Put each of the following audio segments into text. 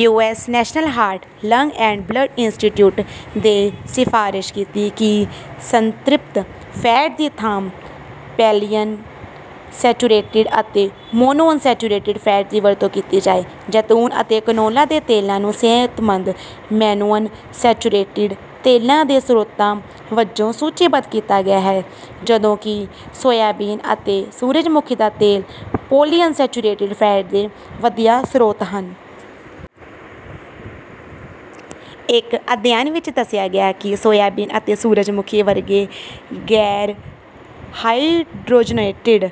US National Heart, Lung and Blood Institute ਨੇ ਸਿਫ਼ਾਰਸ਼ ਕੀਤੀ ਹੈ ਕਿ ਸੰਤ੍ਰਿਪਤ ਫੈਟ ਦੀ ਥਾਂ ਪੌਲੀਅਨਸੈਚੁਰੇਟਿਡ ਅਤੇ ਮੋਨੋਅਨਸੈਚੁਰੇਟਿਡ ਫੈਟ ਦੀ ਵਰਤੋਂ ਕੀਤੀ ਜਾਵੇ। ਜੈਤੂਨ ਅਤੇ ਕੈਨੋਲਾ ਦੇ ਤੇਲਾਂ ਨੂੰ ਸਿਹਤਮੰਦ ਮੋਨੋਅਨਸੈਚੁਰੇਟਿਡ ਤੇਲਾਂ ਦੇ ਸਰੋਤਾਂ ਵਜੋਂ ਸੂਚੀਬੱਧ ਕੀਤਾ ਗਿਆ ਹੈ, ਜਦੋਂਕਿ ਸੋਇਆਬੀਨ ਅਤੇ ਸੂਰਜਮੁਖੀ ਦੇ ਤੇਲ ਪੌਲੀਅਨਸੈਚੁਰੇਟਿਡ ਫੈਟ ਦੇ ਵਧੀਆ ਸਰੋਤ ਹਨ। ਇੱਕ ਅਧਿਐਨ ਵਿੱਚ ਦੱਸਿਆ ਗਿਆ ਹੈ ਕਿ ਸੋਇਆਬੀਨ ਅਤੇ ਸੂਰਜਮੁਖੀ ਵਰਗੇ ਗੈਰ-ਹਾਈਡਰੋਜਨੇਟਿਡ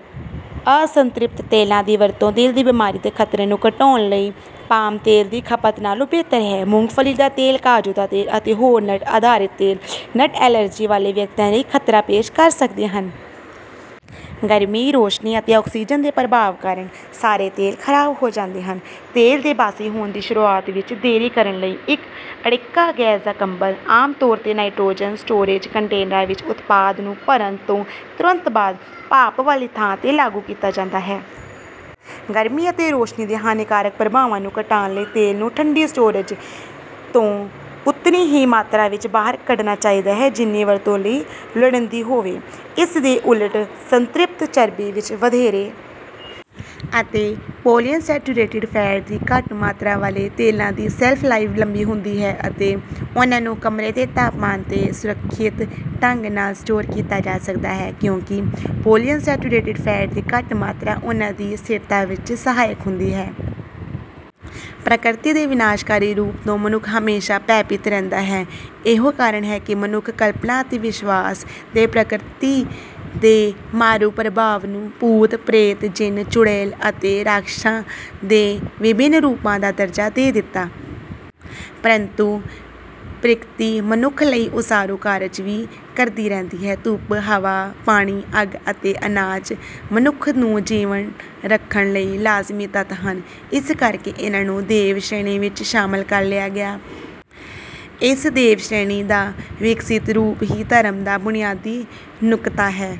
ਅਸੰਤ੍ਰਿਪਤ ਤੇਲਾਂ ਦੀ ਵਰਤੋਂ ਦਿਲ ਦੀ ਬਿਮਾਰੀ ਦੇ ਖ਼ਤਰੇ ਨੂੰ ਘਟਾਉਣ ਲਈ ਪਾਮ ਤੇਲ ਦੀ ਖਪਤ ਨਾਲੋਂ ਬਿਹਤਰ ਹੈ। ਮੂੰਗਫਲੀ ਦਾ ਤੇਲ, ਕਾਜੂ ਦਾ ਤੇਲ ਅਤੇ ਹੋਰ ਨਟ-ਆਧਾਰਿਤ ਤੇਲ ਨਟ ਐਲਰਜੀ ਵਾਲੇ ਵਿਅਕਤੀਆਂ ਲਈ ਖ਼ਤਰਾ ਪੇਸ਼ ਕਰ ਸਕਦੇ ਹਨ। ਗਰਮੀ, ਰੌਸ਼ਨੀ ਅਤੇ ਆਕਸੀਜਨ ਦੇ ਪ੍ਰਭਾਵ ਕਾਰਨ ਸਾਰੇ ਤੇਲ ਖ਼ਰਾਬ ਹੋ ਜਾਂਦੇ ਹਨ। ਤੇਲ ਦੇ ਬਾਸੀ ਹੋਣ ਦੀ ਸ਼ੁਰੂਆਤ ਵਿੱਚ ਦੇਰੀ ਕਰਨ ਲਈ, ਇੱਕ ਅੜਿੱਕਾ ਗੈਸ ਦਾ ਕੰਬਲ, ਆਮ ਤੌਰ ’ਤੇ ਨਾਈਟ੍ਰੋਜਨ, ਸਟੋਰੇਜ ਕੰਟੇਨਰਾਂ ਵਿੱਚ ਉਤਪਾਦ ਨੂੰ ਭਰਨ ਤੋਂ ਤੁਰੰਤ ਬਾਅਦ ਭਾਫ਼ ਵਾਲੀ ਥਾਂ ’ਤੇ ਲਾਗੂ ਕੀਤਾ ਜਾਂਦਾ ਹੈ। ਗਰਮੀ ਅਤੇ ਰੌਸ਼ਨੀ ਦੇ ਹਾਨੀਕਾਰਕ ਪ੍ਰਭਾਵਾਂ ਨੂੰ ਘਟਾਉਣ ਲਈ ਤੇਲ ਨੂੰ ਠੰਢੀ ਸਟੋਰੇਜ ਤੋਂ ਉਤਨੀ ਹੀ ਮਾਤਰਾ ਵਿੱਚ ਬਾਹਰ ਕੱਢਣਾ ਚਾਹੀਦਾ ਹੈ, ਜਿੰਨੀ ਵਰਤੋਂ ਲਈ ਲੋੜੀਂਦੀ ਹੋਵੇ। ਇਸਦੇ ਉਲਟ, ਸੰਤ੍ਰਿਪਤ ਚਰਬੀ ਵਿੱਚ ਵਧੇਰੇ ਅਤੇ ਪੌਲੀਅਨਸੈਚੁਰੇਟਿਡ ਫੈਟ ਦੀ ਘੱਟ ਮਾਤਰਾ ਵਾਲੇ ਤੇਲਾਂ ਦੀ ਸ਼ੈਲਫ ਲਾਈਫ ਲੰਬੀ ਹੁੰਦੀ ਹੈ ਅਤੇ ਉਨ੍ਹਾਂ ਨੂੰ ਕਮਰੇ ਦੇ ਤਾਪਮਾਨ ’ਤੇ ਸੁਰੱਖਿਅਤ ਢੰਗ ਨਾਲ ਸਟੋਰ ਕੀਤਾ ਜਾ ਸਕਦਾ ਹੈ, ਕਿਉਂਕਿ ਪੌਲੀਅਨਸੈਚੁਰੇਟਿਡ ਫੈਟ ਦੀ ਘੱਟ ਮਾਤਰਾ ਉਨ੍ਹਾਂ ਦੀ ਸਥਿਰਤਾ ਵਿੱਚ ਸਹਾਇਕ ਹੁੰਦੀ ਹੈ। ਪ੍ਰਕਿਰਤੀ ਦੇ ਵਿਨਾਸ਼ਕਾਰੀ ਰੂਪ ਤੋਂ ਮਨੁੱਖ ਹਮੇਸ਼ਾਂ ਭੈਭੀਤ ਰਿਹਾ ਹੈ। ਇਹੋ ਕਾਰਨ ਹੈ ਕਿ ਮਨੁੱਖੀ ਕਲਪਨਾ ਅਤੇ ਵਿਸ਼ਵਾਸ ਨੇ ਪ੍ਰਕਿਰਤੀ ਦੇ ਮਾਰੂ ਪ੍ਰਭਾਵ ਨੂੰ ਭੂਤ, ਪ੍ਰੇਤ, ਜਿੰਨ, ਚੁੜੇਲ ਅਤੇ ਰਾਖਸ਼ਾਂ ਦੇ ਵਿਭਿੰਨ ਰੂਪਾਂ ਦਾ ਦਰਜਾ ਦੇ ਦਿੱਤਾ। ਪਰੰਤੂ ਪ੍ਰਕਿਰਤੀ ਮਨੁੱਖ ਲਈ ਉਸਾਰੂ ਕਾਰਜ ਵੀ ਕਰਦੀ ਰਹੀ ਹੈ। ਧੁੱਪ, ਹਵਾ, ਪਾਣੀ, ਅੱਗ ਅਤੇ ਅਨਾਜ ਮਨੁੱਖ ਨੂੰ ਜੀਵਤ ਰੱਖਣ ਲਈ ਲਾਜ਼ਮੀ ਤੱਤ ਹਨ। ਇਸ ਕਰਕੇ ਇਨ੍ਹਾਂ ਨੂੰ ‘ਦੇਵ’ ਸ਼੍ਰੇਣੀ ਵਿੱਚ ਸ਼ਾਮਲ ਕਰ ਲਿਆ ਗਿਆ। ਇਸ ‘ਦੇਵ’ ਸ਼੍ਰੇਣੀ ਦਾ ਵਿਕਸਤ ਰੂਪ ਹੀ ਧਰਮ ਦਾ ਬੁਨਿਆਦੀ ਨੁਕਤਾ ਹੈ।